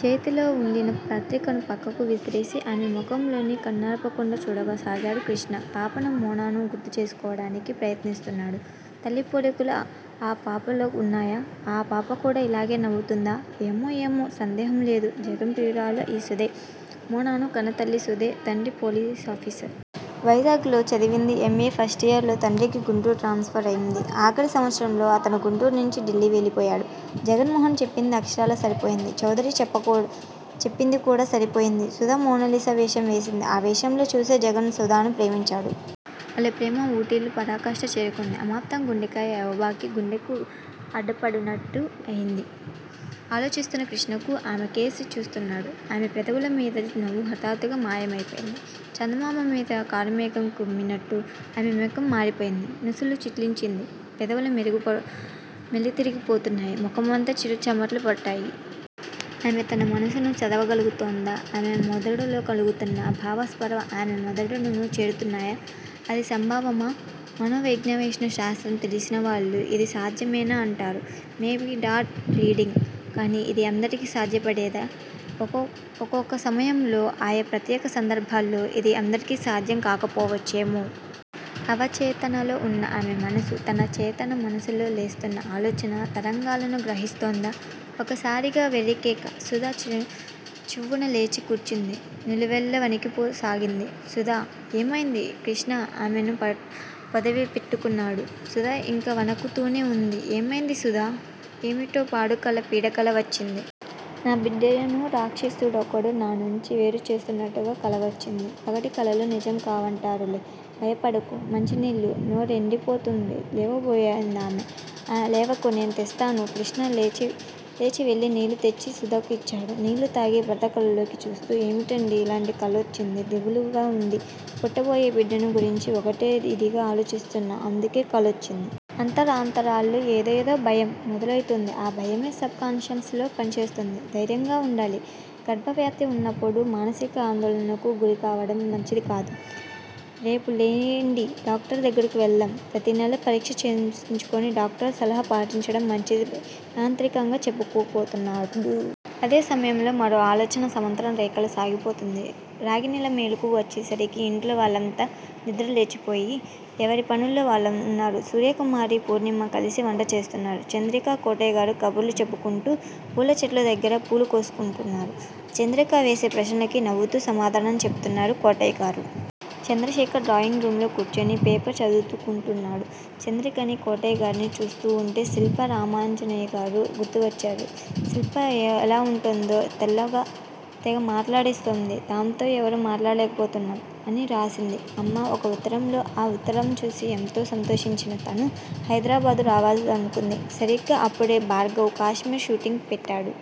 చేతిలో వుండిన పత్రికను పక్కకు విసిరి ఆమె ముఖంలోకి కన్నార్పకుండా చూడసాగాడు కృష్ణ. పాపను__మోనాను గుర్తుచేసుకోవడానికి ప్రయత్నిస్తున్నాడు. తల్లి పోలికలు ఆ పాపలో ఉన్నాయా? ఆ పాపకూడా ఇలాగే నవ్వుతుందా! ఏమో? ఏమో? సందేహంలేదు, జగన్ ప్రియురాలు ఈ సుధే! మోనాను కన్నతల్లి సుధే! తండ్రి పోలీసాఫీసర్. వైజాగ్ లో చదివింది. M, A. ఫస్టియర్ లో తండ్రికి గుంటూరు ట్రాన్స్ఫరు అయింది. ఆఖరి సంవత్సరంలో అతను గుంటూరునుంచి ఢిల్లీ వెళ్ళిపోయాడు. జగన్మోహన్ చెప్పింది అక్షరాల సరిపోయింది. చౌదరి చెప్పిందికూడా సరిపోయింది. సుధ మోనాలిసా వేషం వేసింది. ఆ వేషంలో చూసే జగన్ సుధను ప్రేమించాడు. వాళ్ళ ప్రేమ ఊటీలో పరాకాష్ట చేరుకొంది__ అమాంతం గుండెకాయ ఎగబాకి గొంతుకు అడ్డంపడినట్టు ఐంది ఆలోచిస్తున్న కృష్ణకు. ఆమెకేసి చూస్తున్నాడు. ఆమె పెదవులమీది నవ్వు హఠాత్తుగా మాయం అయిపోయింది. చందమామమీద కారుమేఘం కమ్మినట్టు ఆమె ముఖం మారిపోయింది. నొసలు చిట్లించింది. పెదవులు మెలితిరిగిపోతున్నాయి. ముఖమంతా చిరు చెమట్లు పట్టాయి. ఆమె తన మనసును చదవగలుగుతోందా? తన మెదడులో కదులుతున్న భావపరంపర ఆమె మెదడును చేరుతున్నాయా? ఇది సంభవమా? మనోవైజ్ఞానిక శాస్త్రం తెలిసినవాళ్ళు ఇది సాధ్యమనే అంటారు. Maybe thought reading? కాని ఇది అందరికీ సాధ్యపడేదా? ఒక్కొక్క సమయంలో, ఆయా ప్రత్యేక సందర్బాలలో ఇది అందరికీ సాధ్యం కాకపోవచ్చునేమో! అవచేతనలో ఉన్న ఆమె మనసు, తన చేతన మనసులో లేస్తున్న ఆలోచనా తరంగాలను గ్రహిస్తోందా? ఒకసారిగా వెర్రికేక! సుధ చివ్వున లేచి కూర్చుంది. నిలువెల్లా వణికిపోసాగింది. సుధా! ఏమైంది? కృష్ణ ఆమెను పొదివిపట్టుకున్నాడు. సుధ ఇంకా వణుకుతూనే ఉంది. ఏమైంది సుధా? ఏమిటో పాడుకల పీడకల వచ్చింది. నా బిడ్డను రాక్షసుడొకడు నానుంచి వేరుచేస్తున్నట్టుగా కలవచ్చింది? పగటి కలలు నిజంకావంటారులే. భయపడకు. మంచినీళ్ళు! నోరెండిపోతోంది లేవబోయిందామె. లేవకు నేను తెస్తాను కృష్ణ లేచివెళ్ళి నీళ్ళు తెచ్చి సుధకు ఇచ్చాడు. నీళ్ళుతాగి భర్త కళ్ళల్లోకి చూస్తూ ఏమిటండీ ఇలాంటి కలొచ్చిందీ దిగులుగా అంది. పుట్టబోయే బిడ్డను గురించి ఒకటే ఇదిగా ఆలోచిస్తున్నావ్ అందుకే కలొచ్చింది. అంతరాంతరాల్లో ఏదో ఏదో భయం మెదులుతోంది. ఆ భయమే సబ్ కాన్ షస్ లో పనిచేస్తూంది. ధైర్యంగా వుండాలి. గర్భవత్య్గా ఉన్నప్పుడు మానసిక ఆందోళనకు గురికావడం మంచిదికాదు. రేపు లేడీ డాక్టర్ దగ్గిరకు వెళదాం. ప్రతినెలా పరీక్ష చేయించుకొని డాక్టర్ సలహా పాటించడం మంచిది యాంత్రికంగా చెప్పుకుపోతున్నాడు. అదే సమయంలో మరో ఆలోచన సమాంతర రేఖలా సాగిపోతూంది. రాగిణికి మెలుకువ వచ్చేసరికి ఇంట్లో వాళ్ళంతా నిద్దర లేచిపోయి, ఎవరి పనుల్లో వాళ్ళున్నారు. సూర్యకుమారీ పూర్ణిమా కలిసి వంట చేస్తున్నారు. చంద్రికా, కోటయ్యగారు కబుర్లు చెప్పుకుంటూ, పూలచెట్ల దగ్గర పూలుకోస్తున్నారు. చంద్రిక వేసే ప్రశ్నలకి నవ్వుతూ సమాధానం చెబుతున్నారు కోటయ్యగారు. చంద్రశేఖర్ డ్రాయింగ్ రూంలో కూర్చుని పేపరు చదువుకుంటున్నాడు. చంద్రికనీ, కోటయ్యగారినీ చూస్తూవుంటే శిల్పా, రామానుజంగారూ గుర్తువచ్చారు. శిల్ప ఎలావుందో? 'తెగ మాట్లాడేస్తోంది, దాంతో ఎవరూ మాట్లాడలేకపోతున్నాం' అని రాసింది అమ్మ ఒక ఉత్తరంలో. ఆ ఉత్తరంచూసి ఎంతో సంతోషించిన తను హైదరాబాదు రావాలనుకుంది. సరిగ్గా అప్పుడే భార్గవ కాశ్మీరు షూటింగు పెట్టాడు.